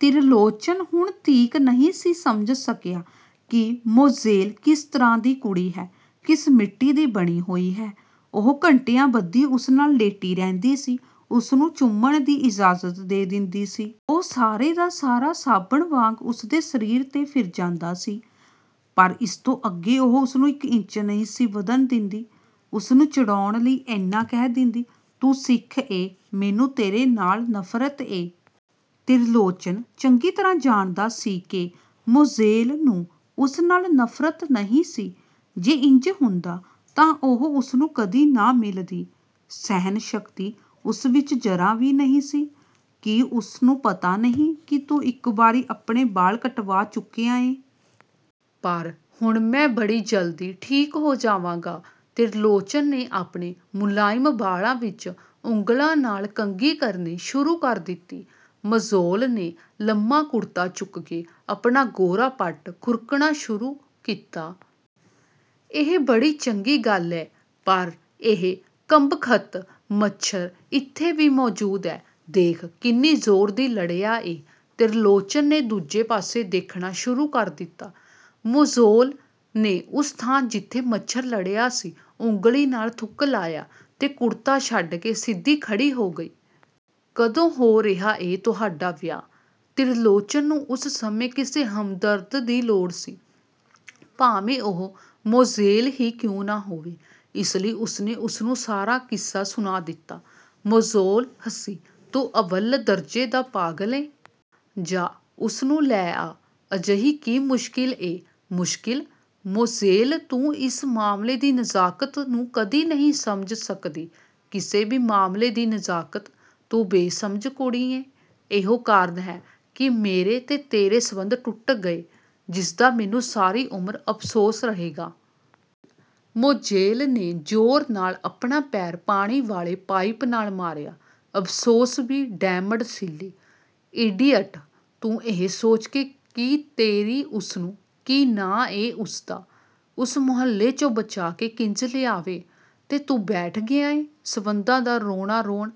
ਤਿਰਲੋਚਨ ਹੁਣ ਤੀਕ ਨਹੀਂ ਸੀ ਸਮਝ ਸਕਿਆ ਕਿ ਮੋਜ਼ੇਲ ਕਿਸ ਤਰ੍ਹਾਂ ਦੀ ਕੁੜੀ ਹੈ। ਕਿਸ ਮਿੱਟੀ ਦੀ ਬਣੀ ਹੋਈ ਹੈ। ਉਹ ਘੰਟਿਆਂ ਬੱਧੀ ਉਸ ਨਾਲ ਲੇਟੀ ਰਹਿੰਦੀ ਸੀ, ਉਸਨੂੰ ਚੁੰਮਣ ਦੀ ਇਜਾਜ਼ਤ ਦੇ ਦਿੰਦੀ ਸੀ। ਉਹ ਸਾਰੇ ਦਾ ਸਾਰਾ ਸਾਬਨ ਵਾਂਗ ਉਸਦੇ ਸਰੀਰ 'ਤੇ ਫਿਰ ਜਾਂਦਾ ਸੀ, ਪਰ ਇਸ ਤੋਂ ਅੱਗੇ ਉਹ ਉਸਨੂੰ ਇਕ ਇੰਚ ਨਹੀਂ ਸੀ ਵਧਣ ਦਿੰਦੀ। ਉਸਨੂੰ ਚਿੜਾਉਣ ਲਈ ਏਨਾ ਕਹਿ ਦਿੰਦੀ, "ਤੂੰ ਸਿੱਖ ਏਂ, ਮੈਨੂੰ ਤੇਰੇ ਨਾਲ ਨਫ਼ਰਤ ਏ। " ਤਿਰਲੋਚਨ ਚੰਗੀ ਤਰ੍ਹਾਂ ਜਾਣਦਾ ਸੀ ਕਿ ਮੋਜ਼ੇਲ ਨੂੰ ਉਸ ਨਾਲ ਨਫ਼ਰਤ ਨਹੀਂ ਸੀ। ਜੇ ਇੰਜ ਹੁੰਦਾ ਤਾਂ ਉਹ ਉਸਨੂੰ ਕਦੀ ਨਾ ਮਿਲਦੀ। ਸਹਿਣ-ਸ਼ਕਤੀ ਉਸ ਵਿਚ ਜ਼ਰਾ ਵੀ ਨਹੀਂ ਸੀ। ਕੀ ਉਸਨੂੰ ਪਤਾ ਨਹੀਂ ਕਿ ਤੂੰ ਇਕ ਵਾਰੀ ਆਪਣੇ ਵਾਲ ਕਟਵਾ ਚੁੱਕਿਆ ਏਂ? ਪਰ ਹੁਣ ਮੈਂ ਬੜੀ ਜਲਦੀ ਠੀਕ ਹੋ ਜਾਵਾਂਗਾ। " ਤਿਰਲੋਚਨ ਨੇ ਆਪਣੇ ਮੁਲਾਇਮ ਵਾਲਾਂ ਵਿਚ ਉਂਗਲਾਂ ਨਾਲ ਕੰਘੀ ਕਰਨੀ ਸ਼ੁਰੂ ਕਰ ਦਿੱਤੀ। ਮੋਜ਼ੇਲ ਨੇ ਲੰਮਾ ਕੁੜਤਾ ਚੁੱਕ ਕੇ ਆਪਣਾ ਗੋਰਾ ਪੱਟ ਖੁਰਕਣਾ ਸ਼ੁਰੂ ਕੀਤਾ। "ਇਹ ਬੜੀ ਚੰਗੀ ਗੱਲ ਏ, ਪਰ ਇਹ ਕੰਬਖਤ ਮੱਛਰ ਇੱਥੇ ਵੀ ਮੌਜ਼ੂਦ ਐ। ਦੇਖ, ਕਿੰਨੀ ਜ਼ੋਰ ਦੀ ਲੜਿਆ ਏ! " ਤਿਰਲੋਚਨ ਨੇ ਦੂਜੇ ਪਾਸੇ ਦੇਖਣਾ ਸ਼ੁਰੂ ਕਰ ਦਿੱਤਾ। ਮੋਜ਼ੇਲ ਨੇ ਉਸ ਥਾਂ ਜਿੱਥੇ ਮੱਛਰ ਲੜਿਆ ਸੀ, ਉਂਗਲੀ ਨਾਲ ਥੁੱਕ ਲਾਇਆ ਤੇ ਕੁੜਤਾ ਛੱਡ ਕੇ ਸਿੱਧੀ ਖੜ੍ਹੀ ਹੋ ਗਈ। "ਕਦੋਂ ਹੋ ਰਿਹਾ ਏ ਤੁਹਾਡਾ ਵਿਆਹ? " ਤਿਰਲੋਚਨ ਨੂੰ ਉਸ ਸਮੇਂ ਕਿਸੇ ਹਮਦਰਦ ਦੀ ਲੋੜ ਸੀ, ਭਾਵੇਂ ਉਹ ਮੋਜ਼ੇਲ ਹੀ ਕਿਉਂ ਨਾ ਹੋਵੇ। ਇਸ ਲਈ ਉਸਨੇ ਉਸਨੂੰ ਸਾਰਾ ਕਿੱਸਾ ਸੁਣਾ ਦਿੱਤਾ। ਮੋਜ਼ੇਲ ਹੱਸੀ, "ਤੂੰ ਅੱਵਲ ਦਰਜ਼ੇ ਦਾ ਪਾਗਲ ਏਂ। ਜਾਹ, ਉਸਨੂੰ ਲੈ ਆ, ਅਜਿਹੀ ਕੀ ਮੁਸ਼ਕਿਲ ਏ? " "ਮੁਸ਼ਕਿਲ! ਮੋਜ਼ੇਲ ਤੂੰ ਇਸ ਮਾਮਲੇ ਦੀ ਨਜ਼ਾਕਤ ਨੂੰ ਕਦੀ ਨਹੀਂ ਸਮਝ ਸਕਦੀ। ਕਿਸੇ ਵੀ ਮਾਮਲੇ ਦੀ ਨਜ਼ਾਕਤ, ਤੂੰ ਬੇਸ਼ਮਝ ਕੁੜੀ ਏਂ। ਇਹੋ ਕਾਰਨ ਹੈ ਕਿ ਮੇਰੇ ਤੇ ਤੇਰੇ ਸੰਬੰਧ ਟੁੱਟ ਗਏ, ਜਿਸਦਾ ਮੈਨੂੰ ਸਾਰੀ ਉਮਰ ਅਫ਼ਸੋਸ ਰਹੇਗਾ। " ਮੋਜ਼ੇਲ ਨੇ ਜ਼ੋਰ ਨਾਲ ਆਪਣਾ ਪੈਰ ਪਾਣੀ ਵਾਲੇ ਪਾਈਪ ਨਾਲ ਮਾਰਿਆ, "ਅਫ਼ਸੋਸ ਬੀ ਡੈਮਡ—ਸਿਲੀ, ਈਡੀਅਟ! ਤੂੰ ਇਹ ਸੋਚ ਕਿ ਤੇਰੀ ਉਸਨੂੰ, ਕੀ ਨਾਂ ਏਂ ਉਸਦਾ, ਉਸ ਮੁਹੱਲੇ 'ਚੋਂ ਬਚਾ ਕੇ ਕਿੰਜ ਲਿਆਵੇਂ, ਤੇ ਤੂੰ ਬੈਠ ਗਿਆ ਏਂ ਸੰਬੰਧਾਂ ਦਾ ਰੋਣਾ-ਰੋਣ।